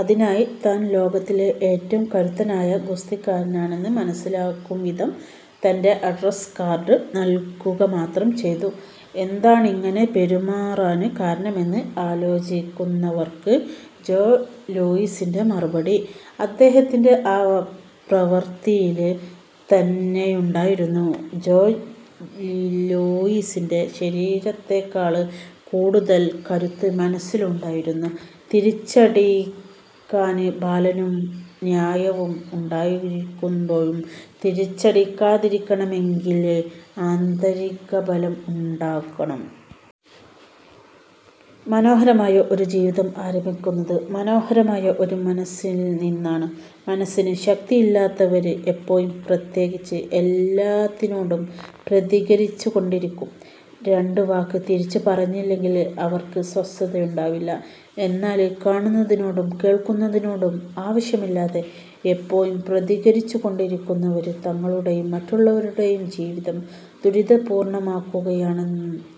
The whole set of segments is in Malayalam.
അതിനായി താന് ലോകത്തിലെ ഏറ്റവും കരുത്തനായ ഗുസ്തിക്കാരനാണെന്ന് മനസിലാകുംവിധം തന്റെ അഡ്രസ് കാര്ഡ് നല്കുകമാത്രം ചെയ്തു. എന്താണിങ്ങനെ പെരുമാറാന് കാരണമെന്ന് ആലോചിക്കുന്നവര്ക്ക് ജോ ലൂയിസിന്റെ മറുപടി അദ്ദേഹത്തിന്റെ ആ പ്രവര്ത്തിയില് ത്തന്നെയുണ്ടായിരുന്നു. ജോ ലൂയിസിന്റെ ശരീരത്തെക്കാള് കൂടുതല് കരുത്ത് മനസ്സിനുണ്ടായിരുന്നു. തിരിച്ചടിക്കാന് ബലവും ന്യായവും ഉണ്ടായിരിക്കുമ്പോഴും തിരിച്ചടിക്കാതിരിക്കണമെങ്കില് ആന്തരികബലം ഉണ്ടാകണം. മനോഹരമായ ഒരു ജീവിതം ആരംഭിക്കുന്നത് മനോഹരമായ ഒരു മനസ്സില്നിന്നാണ്. മനസ്സിന് ശക്തിയില്ലാത്തവര് എപ്പോഴും, പ്രത്യേകിച്ച് എല്ലാത്തിനോടും പ്രതികരിച്ചുകൊണ്ടിരിക്കും. രണ്ട് വാക്ക് തിരിച്ചു പറഞ്ഞില്ലെങ്കില് അവര്ക്ക് സ്വസ്ഥതയുണ്ടാവില്ല. എന്നാല് കാണുന്നതിനോടും കേള്ക്കുന്നതിനോടും ആവശ്യമില്ലാതെ എപ്പോഴും പ്രതികരിച്ചുകൊണ്ടിരിക്കുന്നവര് തങ്ങളുടെയും മറ്റുള്ളവരുടെയും ജീവിതം ദുരിതപൂര്ണമാക്കുകയാണ്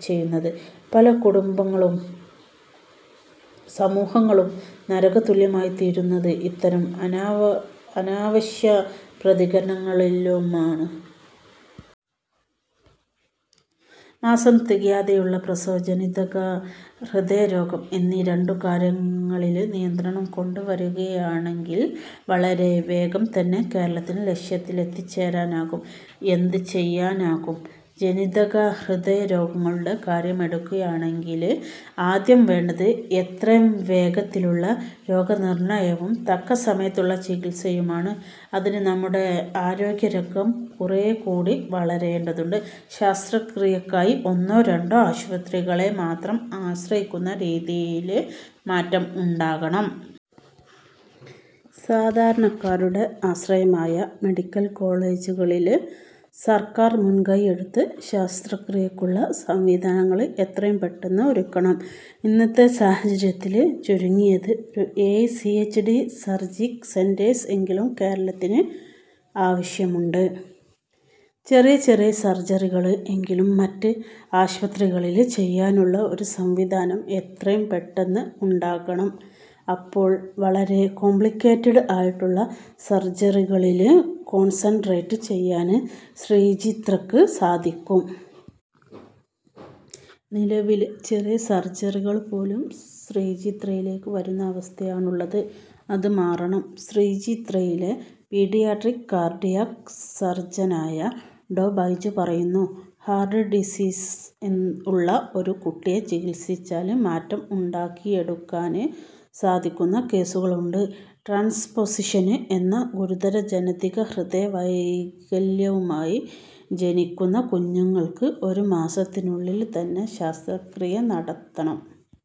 ചെയ്യുന്നത്. പല കുടുംബങ്ങളും സമൂഹങ്ങളും നരകതുല്യമായിത്തീരുന്നത് ഇത്തരം അനാവശ്യ പ്രതികരണങ്ങളാലുമാണ്. മാസം തികയാതെയുള്ള പ്രസവം, ജനിതക ഹൃദയരോഗം എന്നീ രണ്ടുകാര്യങ്ങളില് നിയന്ത്രണം കൊണ്ടുവരികയാണെങ്കില് വളരെ വേഗം തന്നെ കേരളത്തിന് ലക്ഷ്യത്തിലെത്തിച്ചേരാനാകും. എന്ത് ചെയ്യാനാകും. ജനിതകഹൃദയ രോഗങ്ങളുടെ കാര്യമെടുക്കുകയാണെങ്കില് ആദ്യം വേണ്ടത് എത്രയും വേഗത്തിലുള്ള രോഗനിര്ണയവും തക്കസമയത്തുള്ള ചികിത്സയുമാണ്. അതിന് നമ്മുടെ ആരോഗ്യരംഗം കുറേക്കൂടി വളരേണ്ടതുണ്ട്. ശസ്ത്രക്രിയക്കായി ഒന്നോ രണ്ടോ ആസ്പത്രികളെ മാത്രം ആശ്രയിക്കുന്ന രീതിയില് മാറ്റം ഉണ്ടാകണം. സാധാരണക്കാരുടെ ആശ്രയമായ മെഡിക്കല് കോളേജുകളില് സര്ക്കാര് മുന്കൈയെടുത്ത് ശസ്ത്രക്രിയക്കുള്ള സംവിധാനങ്ങള് എത്രയും പെട്ടന്ന് ഒരുക്കണം. ഇന്നത്തെ സാഹചര്യത്തില് ചുരുങ്ങിയത് ഒരു ഏഴ് സിഎച്ച്ഡി സര്ജിക് സെന്റേഴ്സ് എങ്കിലും കേരളത്തിന് ആവശ്യമുണ്ട്. ' ചെറിയ ചെറിയ സര്ജറികള് എങ്കിലും മറ്റു ആസ്പത്രികളില് ചെയ്യാനുള്ള ഒരു സംവിധാനം എത്രയും പെട്ടന്ന് ഉണ്ടാകണം, അപ്പോള് വളരെ കോംപ്ലിക്കേറ്റഡ് ആയിട്ടുള്ള സര്ജറികളില് കോണ്സന്ട്രേറ്റ് ചെയ്യാന് ശ്രീചിത്രക്ക് സാധിക്കും. നിലവില് ചെറിയ സര്ജറികള് പോലും ശ്രീചിത്രയിലേക്ക് വരുന്ന അവസ്ഥയാണുള്ളത്. അത് മാറണം. ' ശ്രീചിത്രയിലെ പീഡിയാട്രിക് കാര്ഡിയാക് സര്ജനായ ഡോ. ബൈജു പറയുന്നു. ' ഹാര്ട്ട് ഡിസീസ് ഉള്ള ഒരു കുട്ടിയെ ചികിത്സിച്ചാല് മാറ്റം ഉണ്ടാക്കിയെടുക്കാന് സാധിക്കുന്ന കേസുകളുണ്ട്. ട്രാന്സ്പൊസിഷന് എന്ന ഗുരുതര ജനിതക ഹൃദയ വൈകല്യവുമായി ജനിക്കുന്ന കുഞ്ഞുങ്ങള്ക്ക് ഒരുമാസത്തിനുള്ളില് തന്നെ ശസ്ത്രക്രിയ നടത്തണം.